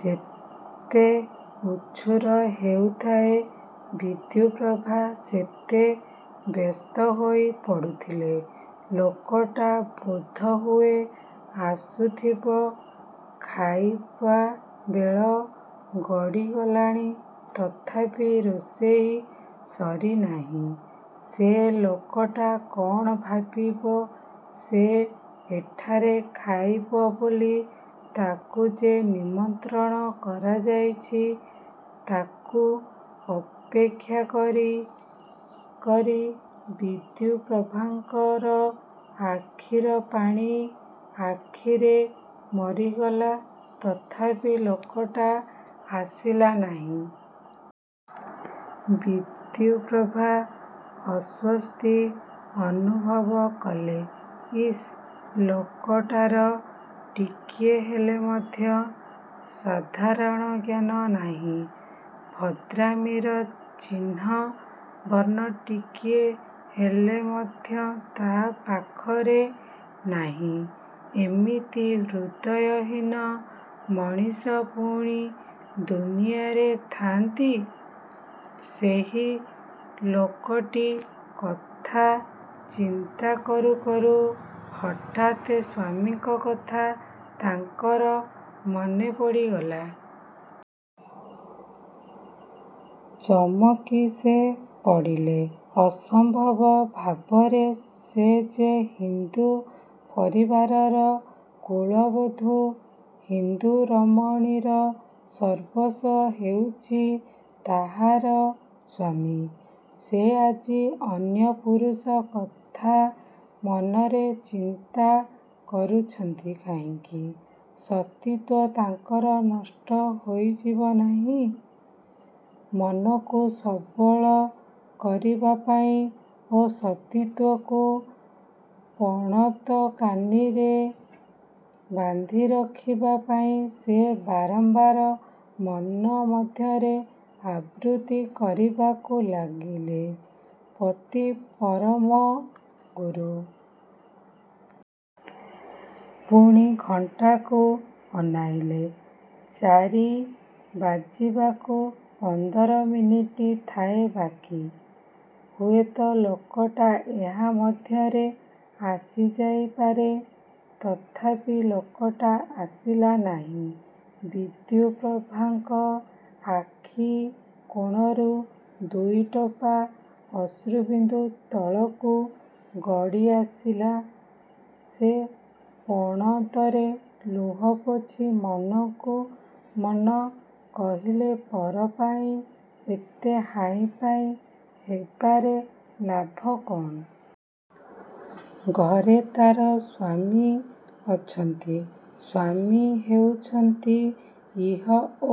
ଯେତେ ଉଛୁର ହେଉଥାଏ ବିଦ୍ୟୁପ୍ରଭା ସେତେ ବ୍ୟସ୍ତହୋଇ ପଡ଼ୁଥିଲେ। ଲୋକଟା ବୋଧହୁଏ ଆସୁଥିବ। ଖାଇବା ବେଳ ଗଡ଼ିଗଲାଣି। ତଥାପି ରୋଷେଇ ସରିନାହିଁ। ସେ ଲୋକଟା କ'ଣ ଭାବିବ? ସେ ଏଠାରେ ଖାଇବ ବୋଲି ତାକୁ ଯେ ନିମନ୍ତ୍ରଣ କରାଯାଇଛି। ତାକୁ ଅପେକ୍ଷା କରି କରି ବିଦ୍ୟୁପ୍ରଭାଙ୍କର ଆଖିର ପାଣି ଆଖିରେ ମରିଗଲା ତଥାପି ଲୋକଟା ଆସିଲା ନାହିଁ। ବିଦ୍ୟୁପ୍ରଭା ଅସ୍ୱସ୍ତି ଅନୁଭବ କଲେ। ଇସ୍ ଲୋକଟାର ଟିକିଏ ହେଲେ ମଧ୍ୟ ସାଧାରଣଜ୍ଞାନ ନାହିଁ। ଭଦ୍ରାମିର ଚିହ୍ନ ବର୍ଣ୍ଣ ଟିକିଏ ହେଲେ ମଧ୍ୟ ତା' ପାଖରେ ନାହିଁ। ଏମିତି ହୃଦୟହୀନ ମଣିଷ ପୁଣି ଦୁନିଆରେ ଥାଆନ୍ତି? ସେହି ଲୋକଟି କଥା ଚିନ୍ତା କରୁ କରୁ ହଠାତ୍ ସ୍ୱାମୀଙ୍କ କଥା ତାଙ୍କର ମନେପଡ଼ିଗଲା। ଚମକି ସେ ପଡ଼ିଲେ ଅସମ୍ଭବ ଭାବରେ। ସେ ଯେ ହିନ୍ଦୁ ପରିବାରର କୁଳବଧୁ। ହିନ୍ଦୁରମଣୀର ସର୍ବସ୍ୱ ହେଉଛି ତାହାର ସ୍ଵାମୀ। ସେ ଆଜି ଅନ୍ୟ ପୁରୁଷ କଥା ମନରେ ଚିନ୍ତା କରୁଛନ୍ତି କାହିଁକି? ସତୀତ୍ୱ ତାଙ୍କର ନଷ୍ଟ ହୋଇଯିବ ନାହିଁ? ମନକୁ ସବଳ କରିବା ପାଇଁ ଓ ସତୀତ୍ୱକୁ ପଣତକାନିରେ ବାନ୍ଧିରଖିବା ପାଇଁ ସେ ବାରମ୍ବାର ମନମଧ୍ୟରେ ଆବୃତ୍ତି କରିବାକୁ ଲାଗିଲେ 'ପତି ପରମ ଗୁରୁ। ' ପୁଣି ଘଣ୍ଟାକୁ ଅନାଇଲେ। ଚାରି ବାଜିବାକୁ ପନ୍ଦର ମିନିଟ୍ ଥାଏ ବାକି। ହୁଏତ ଲୋକଟା ଏହା ମଧ୍ୟରେ ଆସିଯାଇପାରେ? ତଥାପି ଲୋକଟା ଆସିଲା ନାହିଁ। ବିଦ୍ୟୁପ୍ରଭାଙ୍କ ଆଖି କୋଣରୁ ଦୁଇଟୋପା ଅଶ୍ରୁବିନ୍ଦୁ ତଳକୁ ଗଡ଼ିଆସିଲା। ସେ ପଣତରେ ଲୁହ ପୋଛି ମନକୁ ମନ କହିଲେ ପର ପାଇଁ ଏତେ ହାଇଁପାଇଁ ହେବାରେ ଲାଭ କ'ଣ? ଘରେ ତା'ର ସ୍ୱାମୀ ଅଛନ୍ତି। ସ୍ୱାମୀ ହେଉଛନ୍ତି ଇହ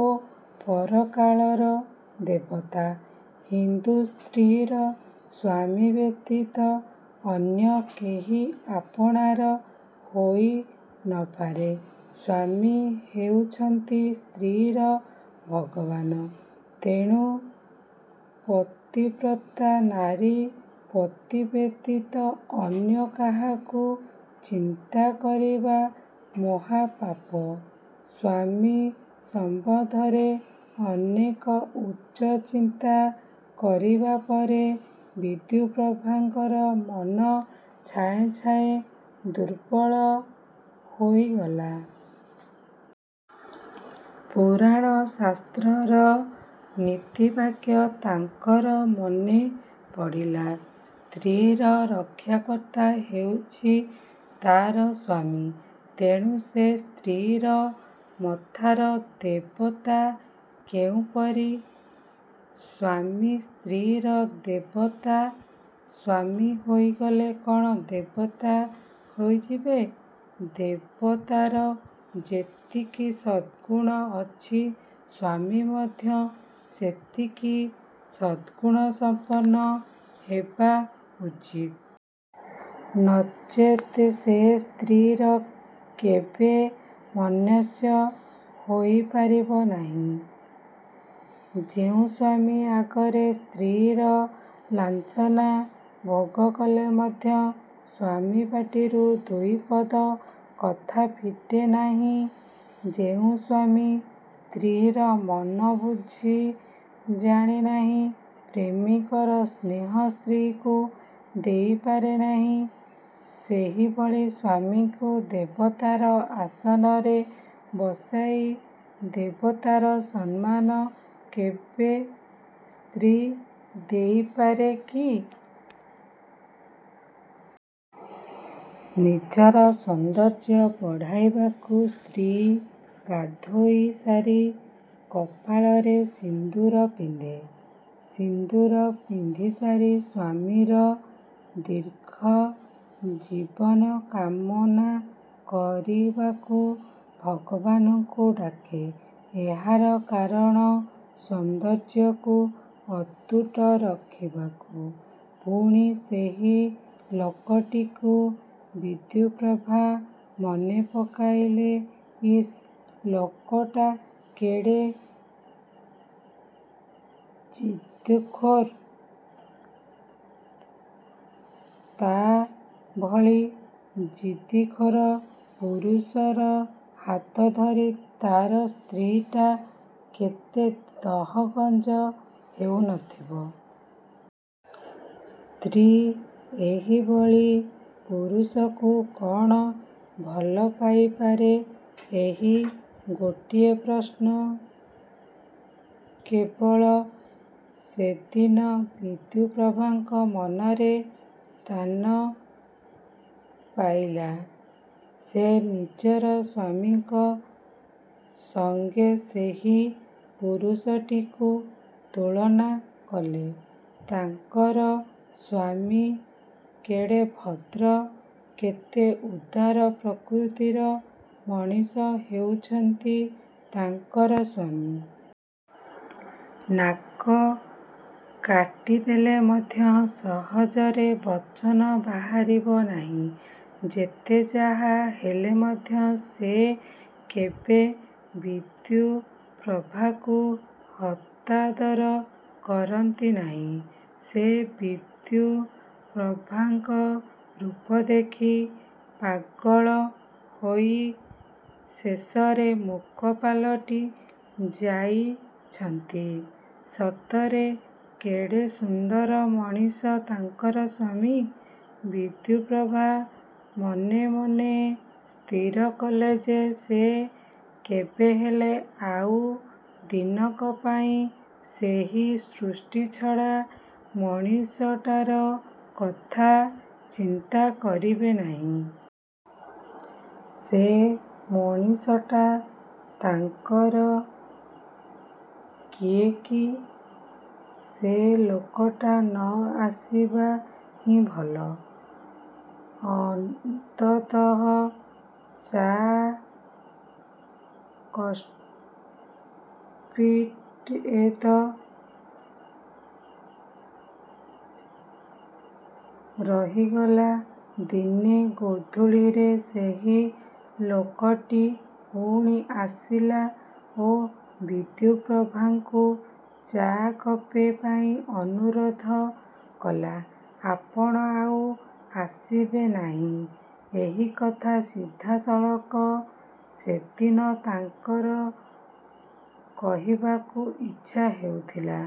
ଓ ପରକାଳର ଦେବତା। ହିନ୍ଦୁ ସ୍ତ୍ରୀର ସ୍ୱାମୀ ବ୍ୟତୀତ ଅନ୍ୟ କେହି ଆପଣାର ହୋଇନପାରେ। ସ୍ୱାମୀ ହେଉଛନ୍ତି ସ୍ତ୍ରୀର ଭଗବାନ। ତେଣୁ ପତିବ୍ରତା ନାରୀ ପତି ବ୍ୟତୀତ ଅନ୍ୟ କାହାକୁ ଚିନ୍ତା କରିବା ମହାପାପ। ସ୍ୱାମୀ ସମ୍ବନ୍ଧରେ ଅନେକ ଉଚ୍ଚ ଚିନ୍ତା କରିବା ପରେ ବିଦ୍ୟୁପ୍ରଭାଙ୍କର ମନ ଛାଏଁ ଛାଏଁ ଦୁର୍ବଳ ହୋଇଗଲା। ପୁରାଣ ଶାସ୍ତ୍ରର ନୀତିବାକ୍ୟ ତାଙ୍କର ମନେପଡ଼ିଲା। ସ୍ତ୍ରୀର ରକ୍ଷାକର୍ତ୍ତା ହେଉଛି ତା'ର ସ୍ୱାମୀ। ତେଣୁ ସେ ସ୍ତ୍ରୀର ମଥାର ଦେବତା। କେଉଁପରି ସ୍ୱାମୀ ସ୍ତ୍ରୀର ଦେବତା? ସ୍ୱାମୀ ହୋଇଗଲେ କ'ଣ ଦେବତା ହୋଇଯିବେ-? ଦେବତାର ଯେତିକି ସଦ୍ଗୁଣ ଅଛି ସ୍ୱାମୀ ମଧ୍ୟ ସେତିକି ସଦ୍ଗୁଣସମ୍ପନ୍ନ ହେବା ଉଚିତ୍। ନଚେତ୍ ସେ ସ୍ତ୍ରୀର କେବେ ନମସ୍ୟ ହୋଇପାରିବ ନାହିଁ। ଯେଉଁ ସ୍ୱାମୀ ଆଗରେ ସ୍ତ୍ରୀ ଲାଞ୍ଛନା ଭୋଗ କଲେ ମଧ୍ୟ ସ୍ୱାମୀ ପାଟିରୁ ଦୁଇପଦ କଥା ଫିଟେନାହିଁ, ଯେଉଁ ସ୍ୱାମୀ ସ୍ତ୍ରୀର ମନ ବୁଝି ଜାଣେ ନାହିଁ, ପ୍ରେମିକର ସ୍ନେହ ସ୍ତ୍ରୀକୁ ଦେଇପାରେ ନାହିଁ, ସେହିଭଳି ସ୍ୱାମୀକୁ ଦେବତାର ଆସନରେ ବସାଇ ଦେବତାର ସମ୍ମାନ କେବେ ସ୍ତ୍ରୀ ଦେଇପାରେ କି? ନିଜର ସୌନ୍ଦର୍ଯ୍ୟ ବଢ଼ାଇବାକୁ ସ୍ତ୍ରୀ ଗାଧୋଇସାରି କପାଳରେ ସିନ୍ଦୂର ପିନ୍ଧେ। ସିନ୍ଦୂର ପିନ୍ଧିସାରି ସ୍ୱାମୀର ଦୀର୍ଘଜୀବନ କାମନା କରିବାକୁ ଭଗବାନଙ୍କୁ ଡାକେ। ଏହାର କାରଣ ସୌନ୍ଦର୍ଯ୍ୟକୁ ଅତୁଟ ରଖିବାକୁ। ପୁଣି ସେହି ଲୋକଟିକୁ ବିଦ୍ୟୁପ୍ରଭା ମନେପକାଇଲେ। ଇସ୍ ଲୋକଟା କେଡ଼େ ଜିଦଖୋର। ତା' ଭଳି ଜିଦଖୋର ପୁରୁଷର ହାତଧରି ତା'ର ସ୍ତ୍ରୀଟା କେତେ ଦହଗଞ୍ଜ ହେଉନଥିବ? ସ୍ତ୍ରୀ ଏହିଭଳି ପୁରୁଷକୁ କ'ଣ ଭଲପାଇପାରେ? ଏହି ଗୋଟିଏ ପ୍ରଶ୍ନ କେବଳ ସେଦିନ ବିଦ୍ୟୁପ୍ରଭାଙ୍କ ମନରେ ସ୍ଥାନ ପାଇଲା। ସେ ନିଜର ସ୍ୱାମୀଙ୍କ ସଙ୍ଗେ ସେହି ପୁରୁଷଟିକୁ ତୁଳନା କଲେ। ତାଙ୍କର ସ୍ୱାମୀ କେଡ଼େ ଭଦ୍ର। କେତେ ଉଦାର ପ୍ରକୃତିର ମଣିଷ ହେଉଛନ୍ତି ତାଙ୍କର ସ୍ୱାମୀ। ନାକ କାଟିଦେଲେ ମଧ୍ୟ ସହଜରେ ବଚନ ବାହାରିବ ନାହିଁ। ଯେତେ ଯାହାହେଲେ ମଧ୍ୟ ସେ କେବେ ବିଦ୍ୟୁପ୍ରଭାକୁ ହତାଦର କରନ୍ତି ନାହିଁ। ସେ ବିଦ୍ୟୁପ୍ରଭାଙ୍କ ରୂପ ଦେଖି ପାଗଳ ହୋଇ ଶେଷରେ ମୂକ ପାଲଟି ଯାଇଛନ୍ତି। ସତରେ କେଡ଼େ ସୁନ୍ଦର ମଣିଷ ତାଙ୍କର ସ୍ୱାମୀ! ବିଦ୍ୟୁପ୍ରଭା ମନେମନେ ସ୍ଥିର କଲେ ଯେ ସେ କେବେହେଲେ ଆଉ ଦିନକ ପାଇଁ ସେହି ସୃଷ୍ଟିଛଡ଼ା ମଣିଷଟାର କଥା ଚିନ୍ତା କରିବେ ନାହିଁ। ସେ ମଣିଷଟା ତାଙ୍କର କିଏ କି? ସେ ଲୋକଟା ନ ଆସିବା ହିଁ ଭଲ। ଅନ୍ତତଃ ଚା' କପ୍ଟିଏ ତ ରହିଗଲା। ଦିନେ ଗୋଧୂଳିରେ ସେହି ଲୋକଟି ପୁଣି ଆସିଲା ଓ ବିଦ୍ୟୁପ୍ରଭାଙ୍କୁ ଚା' କପେ ପାଇଁ ଅନୁରୋଧ କଲା। 'ଆପଣ ଆଉ ଆସିବେ ନାହିଁ ' ଏହିକଥା ସିଧାସଳଖ ସେଦିନ ତାଙ୍କର କହିବାକୁ ଇଚ୍ଛା ହେଉଥିଲା।